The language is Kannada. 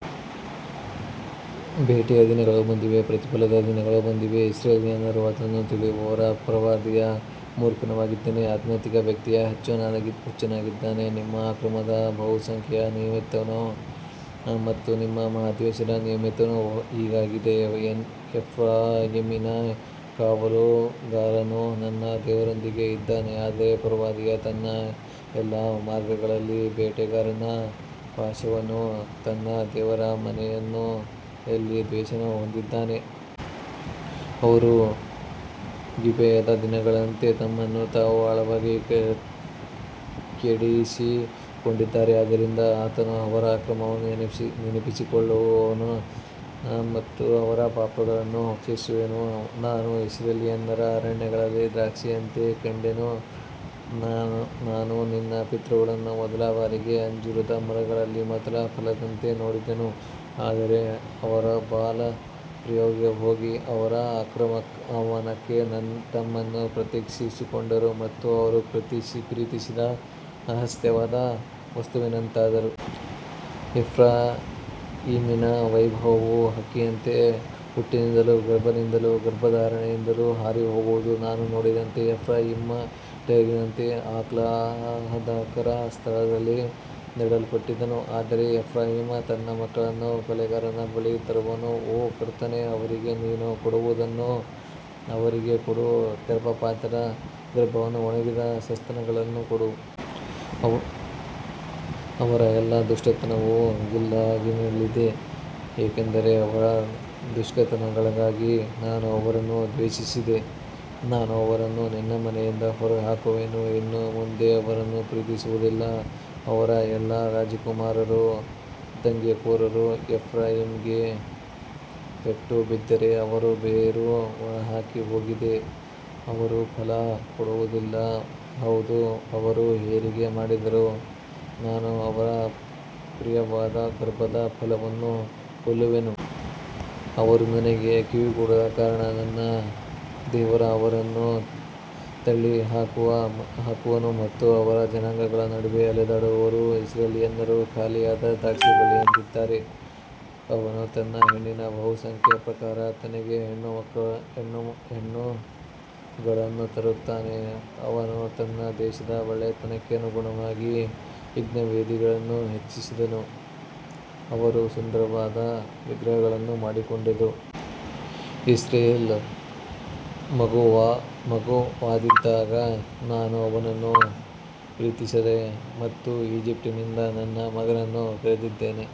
ಭೇಟಿಯ ದಿನಗಳು ಬಂದಿವೆ, ಪ್ರತಿಫಲದ ದಿನಗಳು ಬಂದಿವೆ, ಇಸ್ರಾಯೇಲ್ಯರು ಅದನ್ನು ತಿಳಿಯುವರು. ಪ್ರವಾದಿಯು ಮೂರ್ಖನಾಗಿದ್ದಾನೆ, ಆಧ್ಯಾತ್ಮಿಕ ವ್ಯಕ್ತಿಯು ಹುಚ್ಚನಾಗಿದ್ದಾನೆ, ನಿಮ್ಮ ಅಕ್ರಮದ ಬಹುಸಂಖ್ಯೆಯ ನಿಮಿತ್ತನೂ ನಿಮ್ಮ ಮಹಾದ್ವೇಷದ ನಿಮಿತ್ತನೂ ಹೀಗಾಗಿದೆ. ಎಫ್ರಾಯೀಮಿನ ಕಾವಲುಗಾರನು ನನ್ನ ದೇವರೊಂದಿಗೆ ಇದ್ದಾನೆ, ಆದರೆ ಪ್ರವಾದಿಯು ತನ್ನ ಎಲ್ಲಾ ಮಾರ್ಗಗಳಲ್ಲಿ ಬೇಟೆಗಾರನ ಪಾಶವನ್ನೂ ತನ್ನ ದೇವರ ಮನೆಯಲ್ಲಿ ದ್ವೇಷವನ್ನೂ ಹೊಂದಿದ್ದಾನೆ. ಅವರು ಗಿಬೆಯದ ದಿನಗಳಂತೆ ತಮ್ಮನ್ನು ತಾವು ಆಳವಾಗಿ ಕೆಡಿಸಿಕೊಂಡಿದ್ದಾರೆ, ಆದ್ದರಿಂದ ಆತನು ಅವರ ಅಕ್ರಮವನ್ನು ನೆನಪಿಸಿಕೊಳ್ಳುವನು ಮತ್ತು ಅವರ ಪಾಪಗಳನ್ನು ಶಿಕ್ಷಿಸುವನು. ನಾನು ಇಸ್ರಾಯೇಲ್ಯರನ್ನು ಅರಣ್ಯದಲ್ಲಿ ದ್ರಾಕ್ಷಿಯಂತೆ ಕಂಡೆನು, ನಾನು ನಿನ್ನ ಪಿತೃಗಳನ್ನು ಮೊದಲ ಬಾರಿಗೆ ಅಂಜೂರದ ಮರದಲ್ಲಿ ಮೊದಲ ಫಲದಂತೆ ನೋಡಿದೆನು, ಆದರೆ ಅವರು ಬಾಲ್ ಪೆಯೋರಿಗೆ ಹೋಗಿ ಆ ಅವಮಾನಕ್ಕೆ ತಮ್ಮನ್ನು ಪ್ರತ್ಯೇಕಿಸಿಕೊಂಡರು ಮತ್ತು ಅವರು ಪ್ರೀತಿಸಿದ ಅಸಹ್ಯವಾದ ವಸ್ತುವಿನಂತಾದರು. ಎಫ್ರಾಯೀಮಿನ ವೈಭವವು ಹಕ್ಕಿಯಂತೆ ಹುಟ್ಟಿನಿಂದಲೂ ಗರ್ಭದಿಂದಲೂ ಗರ್ಭಧಾರಣೆಯಿಂದಲೂ ಹಾರಿಹೋಗುವುದು. ನಾನು ನೋಡಿದಂತೆ ಎಫ್ರಾಯೀಮ್ ಟೈರಿನಂತೆ ಆಹ್ಲಾದಕರ ಸ್ಥಳದಲ್ಲಿ ನೆಡಲ್ಪಟ್ಟಿದ್ದನು, ಆದರೆ ಎಫ್ರಾಯೀಮ್ ತನ್ನ ಮಕ್ಕಳನ್ನು ಕೊಲೆಗಾರನ ಬಳಿಗೆ ತರುವನು. ಓ ಕರ್ತನೇ, ಅವರಿಗೆ ನೀನು ಕೊಡುವುದನ್ನು ಅವರಿಗೆ ಕೊಡು, ಗರ್ಭಪಾತದ ಗರ್ಭವನ್ನೂ ಒಣಗಿದ ಸ್ತನಗಳನ್ನೂ ಕೊಡು. ಅವರ ಎಲ್ಲಾ ದುಷ್ಟತನವು ಗಿಲ್ಗಾಲಿನಲ್ಲಿದೆ, ಏಕೆಂದರೆ ಅವರ ದುಷ್ಕೃತ್ಯಗಳಿಗಾಗಿ ನಾನು ಅವರನ್ನು ದ್ವೇಷಿಸಿದೆ. ನಾನು ಅವರನ್ನು ನನ್ನ ಮನೆಯಿಂದ ಹೊರಹಾಕುವೆನು, ಇನ್ನು ಮುಂದೆ ಅವರನ್ನು ಪ್ರೀತಿಸುವುದಿಲ್ಲ. ಅವರ ಎಲ್ಲಾ ರಾಜಕುಮಾರರು ದಂಗೆಕೋರರು. ಎಫ್ರಾಯೀಮಿಗೆ ಪೆಟ್ಟು ಬಿದ್ದಿದೆ, ಅವರ ಬೇರು ಒಣಗಿಹೋಗಿದೆ, ಅವರು ಫಲ ಕೊಡುವುದಿಲ್ಲ. ಹೌದು, ಅವರು ಹೆರಿಗೆ ಮಾಡಿದರೂ ನಾನು ಅವರ ಪ್ರಿಯವಾದ ಗರ್ಭದ ಫಲವನ್ನೂ ಕೊಲ್ಲುವೆನು. ಅವರು ನನಗೆ ಕಿವಿಗೊಡದ ಕಾರಣ ನನ್ನ ದೇವರು ಅವರನ್ನು ತಳ್ಳಿಹಾಕುವನು ಮತ್ತು ಅವರು ಜನಾಂಗಗಳ ನಡುವೆ ಅಲೆದಾಡುವರು. ಇಸ್ರಾಯೇಲ್ಯರು ಖಾಲಿಯಾದ ದ್ರಾಕ್ಷಿಬಳ್ಳಿಯಂತಿದ್ದಾರೆ, ಅವನು ತನ್ನ ಹಣ್ಣಿನ ಬಹುಸಂಖ್ಯೆಯ ಪ್ರಕಾರ ತನಗೆ ಹಣ್ಣುಗಳನ್ನು ತರುತ್ತಾನೆ. ಅವನು ತನ್ನ ದೇಶದ ಒಳ್ಳೆಯತನಕ್ಕೆ ಅನುಗುಣವಾಗಿ ಯಜ್ಞವೇದಿಗಳನ್ನು ಹೆಚ್ಚಿಸಿದನು, ಅವರು ಸುಂದರವಾದ ವಿಗ್ರಹಗಳನ್ನು ಮಾಡಿಕೊಂಡರು. ಇಸ್ರಾಯೇಲ್ ಮಗುವಾಗಿದ್ದಾಗ ನಾನು ಅವನನ್ನು ಪ್ರೀತಿಸಿದೆ ಮತ್ತು ಈಜಿಪ್ಟಿನಿಂದ ನನ್ನ ಮಗನನ್ನು ಕರೆದಿದ್ದೇನೆ.